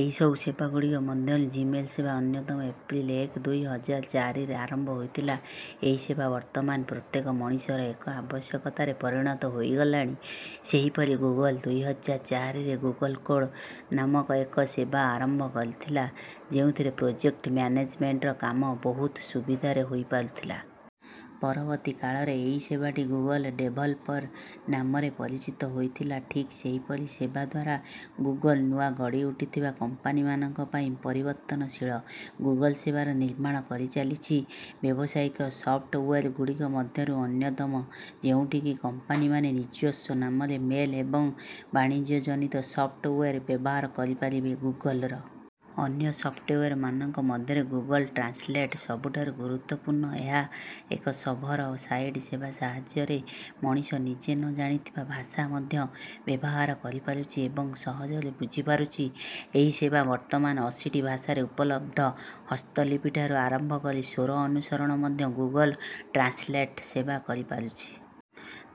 ଏହିସବୁ ସେବାଗୁଡ଼ିକ ମଧ୍ୟରୁ ଜିମେଲ୍ ସେବା ଅନ୍ୟତମ। ଏପ୍ରିଲ ଏକ, ଦୁଇ ହଜାର ଚାରିରେ ଆରମ୍ଭ ହୋଇଥିବା ଏହି ସେବା ବର୍ତ୍ତମାନ ପ୍ରତ୍ୟେକ ମଣିଷର ଏକ ଆବଶ୍ୟକତାରେ ପରିଣତ ହୋଇଗଲାଣି। ସେହିପରି ଗୁଗଲ ଦୁଇ ହଜାର ଚାରିରେ 'ଗୁଗଲ କୋଡ଼' ନାମକ ଏକ ସେବା ଆରମ୍ଭ କରିଥିଲା, ଯେଉଁଥିରେ ପ୍ରୋଜେକ୍ଟ ମ୍ୟାନେଜମେଣ୍ଟର କାମ ବହୁତ ସୁବିଧାରେ ହୋଇପାରୁଥିଲା। ପରବର୍ତ୍ତୀ କାଳରେ ଏହି ସେବାଟି 'ଗୁଗଲ ଡେଭଲପର' ନାମରେ ପରିଚିତ ହୋଇଥିଲା। ଠିକ୍ ସେହିପରି ସେବା ଦ୍ୱାରା ଗୁଗଲ ନୂଆ ଗଢ଼ିଉଠିଥିବା କମ୍ପାନୀମାନଙ୍କ ପାଇଁ ପରିବର୍ତ୍ତନଶୀଳ ଗୁଗଲ ସେବାର ନିର୍ମାଣ କରିଚାଲିଛି। ବ୍ୟବସାୟିକ ସଫ୍ଟୱେର୍‌ଗୁଡ଼ିକ ମଧ୍ୟରୁ ଅନ୍ୟତମ, ଯେଉଁଠି କି କମ୍ପାନୀମାନେ ନିଜସ୍ୱ ନାମରେ ମେଲ୍ ଏବଂ ବାଣିଜ୍ୟଜନିତ ସଫ୍ଟୱେର୍ ବ୍ୟବହାର କରିପାରିବେ। ଗୁଗଲର ଅନ୍ୟ ସଫ୍ଟୱେର୍‌ମାନଙ୍କ ମଧ୍ୟରେ ଗୁଗଲ ଟ୍ରାନ୍ସଲେଟ୍ ସବୁଠାରୁ ଗୁରୁତ୍ୱପୂର୍ଣ୍ଣ। ଏହା ଏକ ସର୍ଭର ସାଇଡ୍ ସେବା ସାହାଯ୍ୟରେ ମଣିଷ ନିଜେ ନ ଜାଣିଥିବା ଭାଷା ମଧ୍ୟ ବ୍ୟବହାର କରିପାରୁଛି ଏବଂ ସହଜରେ ବୁଝିପାରୁଛି। ଏହି ସେବା ବର୍ତ୍ତମାନ ଅଶୀଟି ଭାଷାରେ ଉପଲବ୍ଧ। ହସ୍ତଲିପିଠାରୁ ଆରମ୍ଭ କରି ସ୍ୱର ଅନୁସରଣ ମଧ୍ୟ ଗୁଗଲ ଟ୍ରାନ୍ସଲେଟ୍ ସେବା କରିପାରୁଛି।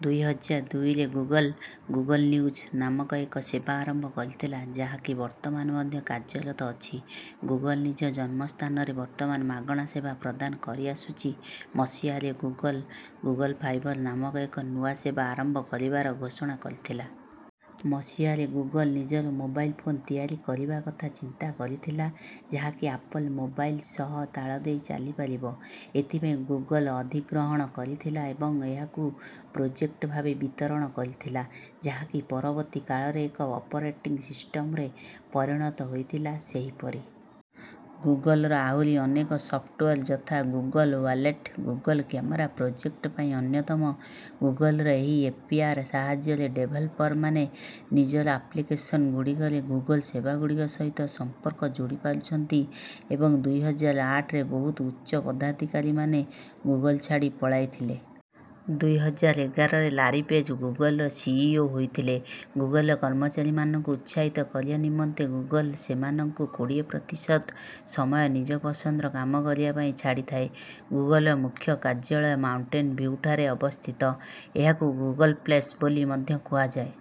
ଦୁଇ ହଜାର ଦୁଇରେ ଗୁଗଲ, 'ଗୁଗଲ ନ୍ୟୁଜ୍' ନାମକ ଏକ ସେବା ଆରମ୍ଭ କରିଥିଲା, ଯାହାକି ବର୍ତ୍ତମାନ ମଧ୍ୟ କାର୍ଯ୍ୟରତ ଅଛି। ଗୁଗଲ ନିଜ ଜନ୍ମସ୍ଥାନରେ ବର୍ତ୍ତମାନ ମାଗଣା ସେବା ପ୍ରଦାନ କରିଆସୁଛି। ମସିହାରେ ଗୁଗଲ, 'ଗୁଗଲ ଫାଇବର୍' ନାମକ ଏକ ନୂଆ ସେବା ଆରମ୍ଭ କରିବାର ଘୋଷଣା କରିଥିଲା। ମସିହାରେ ଗୁଗଲ ନିଜର ମୋବାଇଲ୍ ଫୋନ୍ ତିଆରି କରିବା କଥା ଚିନ୍ତା କରିଥିଲା, ଯାହାକି ଆପଲ୍ ମୋବାଇଲ୍ ସହ ତାଳ ଦେଇ ଚାଲିପାରିବ। ଏଥିପାଇଁ ଗୁଗଲ ଅଧିଗ୍ରହଣ କରିଥିଲା ଏବଂ ଏହାକୁ ପ୍ରୋଜେକ୍ଟ ଭାବେ ବିତରଣ କରିଥିଲା, ଯାହାକି ପରବର୍ତ୍ତୀ କାଳରେ ଏକ ଅପରେଟିଂ ସିଷ୍ଟମ୍‌ରେ ପରିଣତ ହୋଇଥିଲା। ସେହିପରି ଗୁଗଲର ଆହୁରି ଅନେକ ସଫ୍ଟୱେର୍ ଯଥା: Google Wallet, Google Camera, Project Fi ଅନ୍ୟତମ। ଗୁଗଲର ଏହି ଏପିଆଇ ସାହାଯ୍ୟରେ ଡେଭେଲପରମାନେ ନିଜର ଆପ୍ଲିକେସନ୍‌ଗୁଡ଼ିକରେ ଗୁଗଲ ସେବାଗୁଡ଼ିକ ସହିତ ସମ୍ପର୍କ ଯୋଡ଼ିପାରୁଛନ୍ତି। ଏବଂ ଦୁଇ ହଜାର ଆଠରେ ବହୁତ ଉଚ୍ଚପଦାଧିକାରୀମାନେ ଗୁଗଲ ଛାଡ଼ି ପଳାଇଥିଲେ। ଦୁଇ ହଜାର ଏଗାରରେ ଲାରୀ ପେଜ୍ ଗୁଗଲର ସିଇଓ ହୋଇଥିଲେ। ଗୁଗଲର କର୍ମଚାରୀମାନଙ୍କୁ ଉତ୍ସାହିତ କରିବା ନିମନ୍ତେ ଗୁଗଲ ସେମାନଙ୍କୁ କୋଡ଼ିଏ ପ୍ରତିଶତ ସମୟ ନିଜ ପସନ୍ଦର କାମ କରିବା ପାଇଁ ଛାଡ଼ିଥାଏ। ଗୁଗଲର ମୁଖ୍ୟ କାର୍ଯ୍ୟାଳୟ ମାଉଣ୍ଟେନ୍ ଭିଉଠାରେ ଅବସ୍ଥିତ। ଏହାକୁ 'ଗୁଗଲପ୍ଲେକ୍ସ' ବୋଲି ମଧ୍ୟ କୁହାଯାଏ।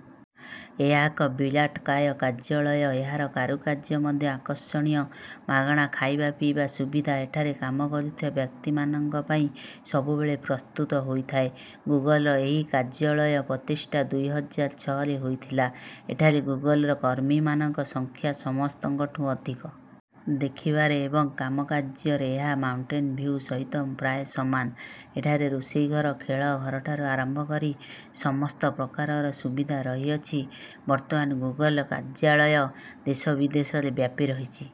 ଏହା ଏକ ବିରାଟକାୟ କାର୍ଯ୍ୟାଳୟ। ଏହାର କାରୁକାର୍ଯ୍ୟ ମଧ୍ୟ ଆକର୍ଷଣୀୟ। ମାଗଣା ଖାଇବା ପିଇବା ସୁବିଧା ଏଠାରେ କାମ କରୁଥିବା ବ୍ୟକ୍ତିମାନଙ୍କ ପାଇଁ ସବୁବେଳେ ପ୍ରସ୍ତୁତ ହୋଇଥାଏ। ଗୁଗଲର ଏହି କାର୍ଯ୍ୟାଳୟ ପ୍ରତିଷ୍ଠା ଦୁଇ ହଜାର ଛଅରେ ହୋଇଥିଲା। ଏଠାରେ ଗୁଗଲର କର୍ମୀମାନଙ୍କ ସଂଖ୍ୟା ସମସ୍ତଙ୍କଠୁଁ ଅଧିକ। ଦେଖିବାରେ ଏବଂ କାମକାର୍ଯ୍ୟରେ ଏହା ମାଉଣ୍ଟେନ୍ ଭିଉ ସହିତ ପ୍ରାୟ ସମାନ। ଏଠାରେ ରୋଷେଇ ଘର, ଖେଳ ଘରଠାରୁ ଆରମ୍ଭ କରି ସମସ୍ତ ପ୍ରକାରର ସୁବିଧା ରହିଅଛି। ବର୍ତ୍ତମାନ ଗୁଗଲର କାର୍ଯ୍ୟାଳୟ ଦେଶ ବିଦେଶରେ ବ୍ୟାପି ରହିଛି।